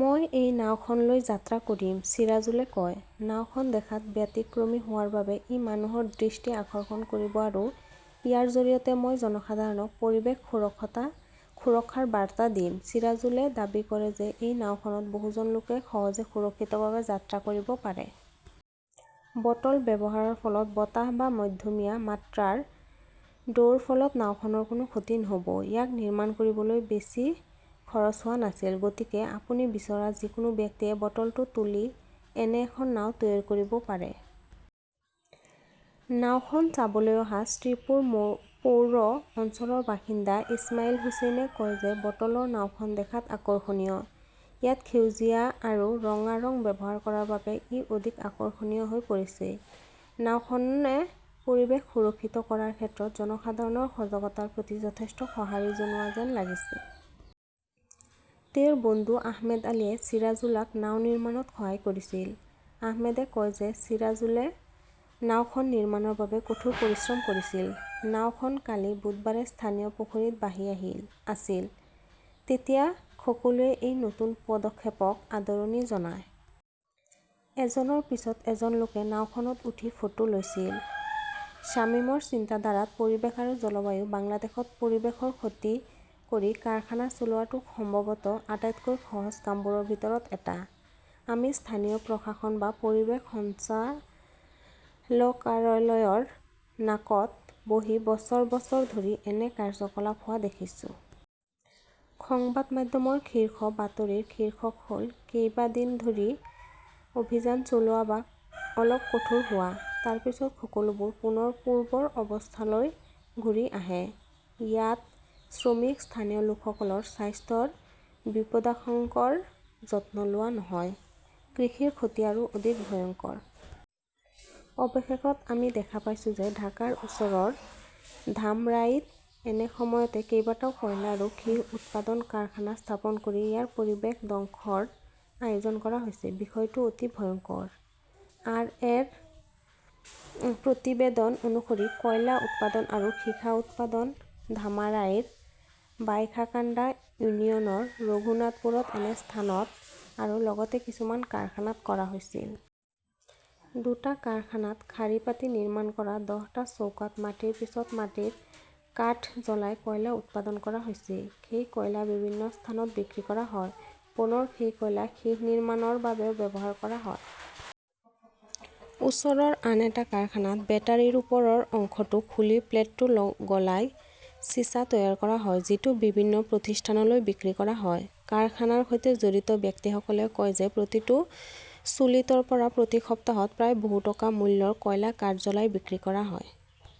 মই এই নাওখন লৈ যাত্ৰা কৰিম, চিৰাজুলে কয়। নাওখন দেখাত ব্যতিক্ৰমী হোৱাৰ বাবে ই মানুহৰ দৃষ্টি আকৰ্ষণ কৰিব আৰু ইয়াৰ জৰিয়তে মই জনসাধাৰণক পৰিৱেশ সুৰক্ষাৰ বাৰ্তা দিম। চিৰাজুলে দাবী কৰে যে এই নাওখনত বহুজন লোকে সহজে সুৰক্ষিতভাৱে যাত্ৰা কৰিব পাৰে। বটল ব্যৱহাৰৰ ফলত বতাহ বা মধ্যমীয়া মাত্ৰাৰ ঢৌৰ ফলত নাওখনৰ কোনো ক্ষতি নহ'ব। ইয়াক নিৰ্মাণ কৰিবলৈ বেছি খৰচ হোৱা নাছিল। গতিকে আপুনি বিচৰা যিকোনো ব্যক্তিয়ে বটলটো তুলি এনে এখন নাও তৈয়াৰ কৰিব পাৰে। নাওখন চাবলৈ অহা শ্ৰীপুৰ পৌৰ অঞ্চলৰ বাসিন্দা ইছমাইল হুচেইনে কয় যে বটলৰ নাওখন দেখাত আকৰ্ষণীয়। ইয়াত সেউজীয়া আৰু ৰঙা ৰং ব্যৱহাৰ কৰাৰ বাবে ই অধিক আকৰ্ষণীয় হৈ পৰিছে। নাওখনে পৰিৱেশ সুৰক্ষিত কৰাৰ ক্ষেত্ৰত জনসাধাৰণৰ সজাগতাৰ প্ৰতি যথেষ্ট সঁহাৰি জনোৱা যেন লাগিছে। তেওঁৰ বন্ধু আহমেদ আলীয়ে ছিৰাজুলক নাও নিৰ্মাণত সহায় কৰিছিল। আহমেদে কয় যে চিৰাজুলে নাওখন নিৰ্মাণৰ বাবে কঠোৰ পৰিশ্ৰম কৰিছিল। নাওখন কালি বুধবাৰে স্থানীয় পুখুৰীত ভাহি আছিল। তেতিয়া সকলোৱে এই নতুন পদক্ষেপক আদৰণি জনায়। এজনৰ পিছত এজন লোকে নাওখনত উঠি ফটো লৈছিল। শ্বামিমৰ চিন্তাধাৰাত পৰিৱেশ আৰু জলবায়ু বাংলাদেশত পৰিৱেশৰ ক্ষতি কৰি কাৰখানা চলোৱাটো সম্ভৱতঃ আটাইতকৈ সহজ কামবোৰৰ ভিতৰত এটা। আমি স্থানীয় প্ৰশাসন বা পৰিৱেশ সঞ্চালকালয়ৰ নাকত বহি বছৰ বছৰ ধৰি এনে কাৰ্যকলাপ হোৱা দেখিছোঁ। সংবাদ মাধ্যমৰ শীৰ্ষ বাতৰিৰ শীৰ্ষক হ'ল কেইবা দিন ধৰি অভিযান চলোৱা বা অলপ কঠোৰ হোৱা, তাৰ পিছত সকলোবোৰ পুনৰ পূৰ্বৰ অৱস্থালৈ ঘূৰি আহে। ইয়াত শ্ৰমিক, স্থানীয় লোকসকলৰ স্বাস্থ্যৰ বিপদাশংকাৰ যত্ন লোৱা নহয়। কৃষিৰ ক্ষতি আৰু অধিক ভয়ংকৰ। অৱশেষত আমি দেখা পাইছো যে ঢাকাৰ ওচৰৰ ধামৰাইত একে সময়তে কেইবাটাও কয়লা আৰু সীহ উৎপাদন কাৰখানা স্থাপন কৰি ইয়াৰ পৰিৱেশ ধ্বংসৰ আয়োজন কৰা হৈছে। বিষয়টো অতি ভয়ংকৰ। আৰ. এ. -ৰ প্ৰতিবেদন অনুসৰি, কয়লা উৎপাদন আৰু সীসা উৎপাদন ধামাৰাইৰ বাইশাকাণ্ডা ইউনিয়নৰ ৰঘুনাথপুৰত একে স্থানত আৰু লগতে কিছুমান কাৰখানাত কৰা হৈছিল। দুটা কাৰখানাত শাৰী পাতি নিৰ্মাণ কৰা দহটা চৌকাত মাটিৰ পিছত মাটিৰ কাঠ জ্বলাই কয়লা উৎপাদন কৰা হৈছে। সেই কয়লা বিভিন্ন স্থানত বিক্ৰী কৰা হয়। পুনৰ সেই কয়লা সীহ নিৰ্মাণৰ বাবেও ব্যৱহাৰ কৰা হয়। ওচৰৰ আন এটা কাৰখানাত বেটাৰীৰ ওপৰৰ অংশটো খুলি প্লেটটো গলাই চিছা তৈয়াৰ কৰা হয়, যিটো বিভিন্ন প্ৰতিষ্ঠানলৈ বিক্ৰী কৰা হয়। কাৰখানাৰ সৈতে জড়িত ব্যক্তিসকলে কয় যে প্ৰতিটো চুলিতৰ পৰা প্ৰতি সপ্তাহত প্ৰায় বহু টকা মূল্যৰ কয়লা কাঠ জ্বলাই বিক্ৰী কৰা হয়।